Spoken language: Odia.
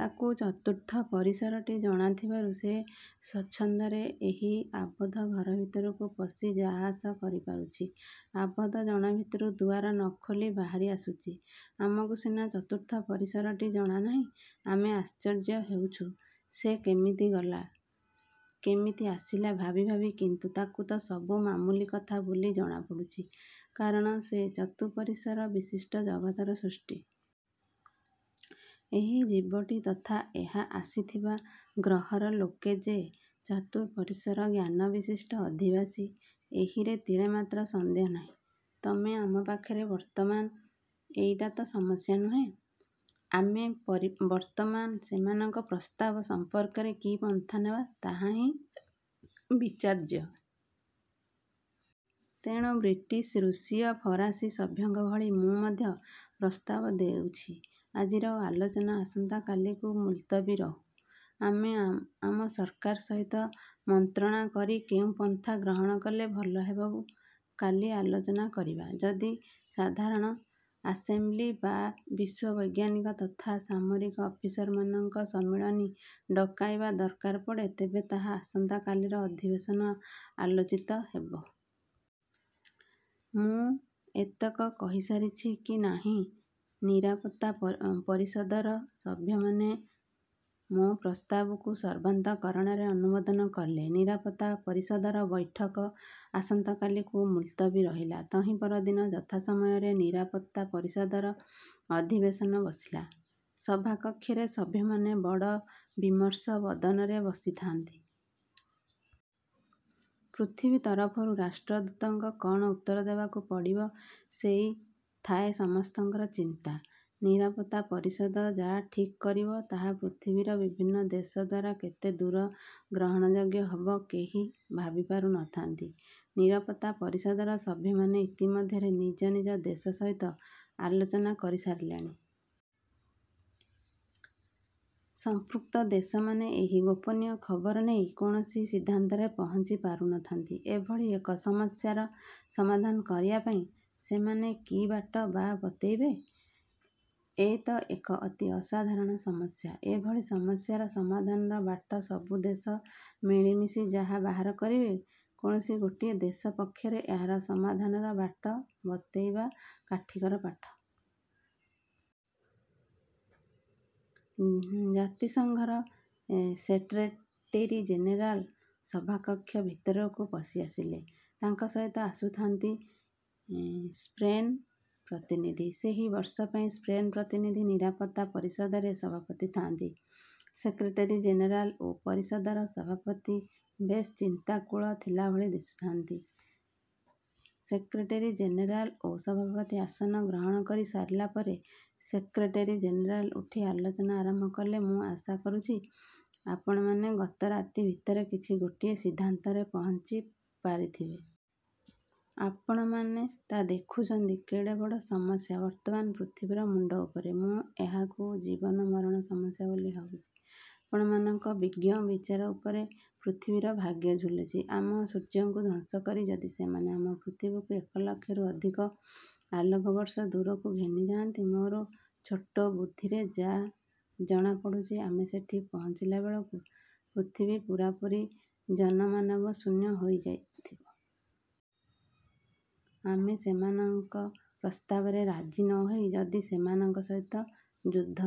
ତାକୁ ଚତୁର୍ଥ ପରିସରଟି ଜଣାଥିବରୁ ସେ ସ୍ଵଚ୍ଛନ୍ଦରେ ଏହି ଆବଦ୍ଧ ଘର ଭିତରକୁ ପଶି ଯା'ଆସ କରିପାରୁଛି ଆବଦ୍ଧ ଜଣ ଭିତରୁ ଦୁଆର ନ ଖୋଲି ବାହାରି ଆସୁଛି। ଆମକୁ ସିନା ଚତୁର୍ଥ ପରିସରଟି ଜଣାନାହିଁ, ଆମେ ଆଶ୍ଚର୍ଯ୍ୟ ହେଉଛୁ, ସେ କେମିତି ଗଲା, କେମିତି ଆସିଲା ଭାବି ଭାବି କିନ୍ତୁ ତାକୁ ତ ସବୁ ମାମୁଲି କଥା ବୋଲି ଜଣା ପଡ଼ୁଛି, କାରଣ ସେ ଚତୁଃପରିସର ବିଶିଷ୍ଟ ଜଗତର ସୃଷ୍ଟି। ଏହି ଜୀବଟି ତଥା ଏହା ଆସିଥିବା ଗ୍ରହର ଲୋକେ ଯେ ଚତୁଃପରିସର ଜ୍ଞାନବିଶିଷ୍ଟ ଅଧିବାସୀ, ଏହିରେ ତିଳେମାତ୍ର ସନ୍ଦେହ ନାହିଁ। ତମେ ଆମ ପାଖରେ ବର୍ତ୍ତମାନ ଏଇଟା ତ ସମସ୍ୟା ନୁହେଁ। ଆମେ ପରି ବର୍ତ୍ତମାନ ସେମାନଙ୍କ ପ୍ରସ୍ତାବ ସମ୍ପର୍କରେ କି ପନ୍ଥା ନେବା ତାହା ହିଁ ବିଚାର୍ଯ୍ୟ। ତେଣୁ ବ୍ରିଟିଶ, ରୁଷୀୟ, ଫରାସୀ ସଭ୍ୟଙ୍କ ଭଳି ମୁଁ ମଧ୍ୟ ପ୍ରସ୍ତାବ ଦେଉଛି ଆଜିର ଆଲୋଚନା ଆସନ୍ତା କାଲିକୁ ମୁଲତବୀ ରହୁ। ଆମେ ଆ ଆମ ସରକାର ସହିତ ମନ୍ତ୍ରଣା କରି କେଉଁ ପନ୍ଥା ଗ୍ରହଣ କଲେ ଭଲ ହେବ କାଲି ଆଲୋଚନା କରିବା। ଯଦି ସାଧାରଣ ଆସେମ୍ବ୍ଲି ବା ବିଶ୍ୱବୈଜ୍ଞାନିକ ତଥା ସାମରିକ ଅଫିସରମାନଙ୍କ ସମ୍ମିଳନୀ ଡକାଇବା ଦରକାର ପଡ଼େ ତେବେ ତାହା ଆସନ୍ତା କାଲିର ଅଧିବେଶନ ଆଲୋଚିତ ହେବ। ମୁଁ ଏତକ କହିସାରିଛି କି ନାହିଁ ନିରାପତ୍ତା ପ ପରିଷଦର ସଭ୍ୟମାନେ ମୋ ପ୍ରସ୍ତାବକୁ ସର୍ବାନ୍ତକରଣରେ ଅନୁମୋଦନ କଲେ। ନିରାପତ୍ତା ପରିଷଦର ବୈଠକ ଆସନ୍ତାକାଲିକୁ ମୁଲତବୀ ରହିଲା। ତହିଁ ପରଦିନ ଯଥା ସମୟରେ ନିରାପତ୍ତା ପରିଷଦର ଅଧିବେଶନ ବସିଲା। ସଭାକକ୍ଷରେ ସଭ୍ୟମାନେ ବଡ଼ ବିମର୍ଷ ବଦନରେ ବସିଥାନ୍ତି। ପୃଥିବୀ ତରଫରୁ ରାଷ୍ଟ୍ରଦୂତଙ୍କ କଣ ଉତ୍ତର ଦେବାକୁ ପଡ଼ିବ ସେଇ ଥାଏ ସମସ୍ତଙ୍କର ଚିନ୍ତା। ନିରାପତ୍ତା ପରିଷଦ ଯା ଠିକ୍ କରିବ ତାହା ପୃଥିବୀର ବିଭିନ୍ନ ଦେଶ ଦ୍ୱାରା କେତେ ଦୂର ଗ୍ରହଣଯୋଗ୍ୟ ହେବ କେହି ଭାବି ପାରୁ ନ ଥାନ୍ତି। ନିରାପତ୍ତା ପରିଷଦର ସଭ୍ୟମାନେ ଇତି ମଧ୍ୟରେ ନିଜ ନିଜ ଦେଶ ସହିତ ଆଲୋଚନା କରି ସାରିଲେଣି। ସମ୍ପୃକ୍ତ ଦେଶମାନେ ଏହି ଗୋପନୀୟ ଖବର ନେଇ କୌଣସି ସିଦ୍ଧାନ୍ତରେ ପହଞ୍ଚି ପାରୁ ନଥାନ୍ତି। ଏଭଳି ଏକ ସମସ୍ୟାର ସମାଧାନ କରିବା ପାଇଁ ସେମାନେ କି ବାଟ ବା ବତେଇବେ? ଏତ ଏକ ଅତି ଅସାଧାରଣ ସମସ୍ୟା। ଏଭଳି ସମସ୍ୟାର ସମାଧାନର ବାଟ ସବୁ ଦେଶ ମିଳିମିଶି ଯାହା ବାହାର କରିବେ, କୌଣସି ଗୋଟିଏ ଦେଶ ପକ୍ଷରେ ଏହାର ସମାଧାନର ବାଟ ବତେଇବା କାଠିକର ପାଠ। ଜାତିସଂଘର ସେଟ୍ରେଟେରୀ ଜେନେରାଲ ସଭାକକ୍ଷ ଭିତରକୁ ପଶି ଆସିଲେ। ତାଙ୍କ ସହିତ ଆସୁଥାନ୍ତି ସ୍ପେନ୍ର ପ୍ରତିନିଧି। ସେହି ବର୍ଷ ପାଇଁ ସ୍ପେନ୍ର ପ୍ରତିନିଧି ନିରାପତ୍ତା ପରିଷଦରେ ସଭାପତି ଥାନ୍ତି। ସେକ୍ରେଟେରୀ ଜେନେରାଲ ଓ ପରିଷଦର ସଭାପତି ବେଶ ଚିନ୍ତାକୁଳ ଥିଲାଭଳି ଦିଶୁଥାନ୍ତି। ସେକ୍ରେଟେରୀ ଜେନେରାଲ ଓ ସଭାପତି ଆସନ ଗ୍ରହଣ କରି ସରିଲାପରେ ସେକ୍ରେଟେରୀ ଜେନେରେଲ ଉଠି ଆଲୋଚନା ଆରମ୍ଭ କଲେ ମୁଁ ଆଶା କରୁଛି, ଆପଣମାନେ ଗତ ରାତି ଭିତରେ କିଛି ଗୋଟିଏ ସିଦ୍ଧାନ୍ତରେ ପହଞ୍ଚି ପାରିଥିବେ। ଆପଣମାନେ ତା ଦେଖୁଛନ୍ତି, କେତେ ବଡ଼ ସମସ୍ୟା ବର୍ତ୍ତମାନ ପୃଥିବୀର ମୁଣ୍ଡ ଉପରେ। ମୁଁ ଏହାକୁ ଜୀବନ ମରଣ ସମସ୍ୟା ବୋଲି ଭାବୁଛି। ଆପଣମାନଙ୍କ ବିଜ୍ଞ ବିଚାର ଉପରେ ପୃଥିବୀର ଭାଗ୍ୟ ଝୁଲୁଛି। ଆମ ସୂର୍ଯ୍ୟକୁ ଧ୍ୱଂସ କରି ଯଦି ସେମାନେ ଆମ ପୃଥିବୀକୁ ଏକଲକ୍ଷରୁ ଅଧିକ ଆଲୋକବର୍ଷ ଦୂରକୁ ଘେନିଯାନ୍ତି, ମୋର ଛୋଟ ବୁଦ୍ଧିରେ ଯା' ଜଣା ପଡ଼ୁଛି ଆମେ ସେଠି ପହଞ୍ଚିଲା ବେଳକୁ ପୃଥିବୀ ପୂରାପୂରି ଜନମାନବ ଶୂନ୍ୟ ହୋଇ ଯାଇଥିବ। ଆମେ ସେମାନଙ୍କ ପ୍ରସ୍ତାବରେ ରାଜି ନ ହୋଇ ଯଦି ସେମାନଙ୍କ ସହିତ ଯୁଦ୍ଧ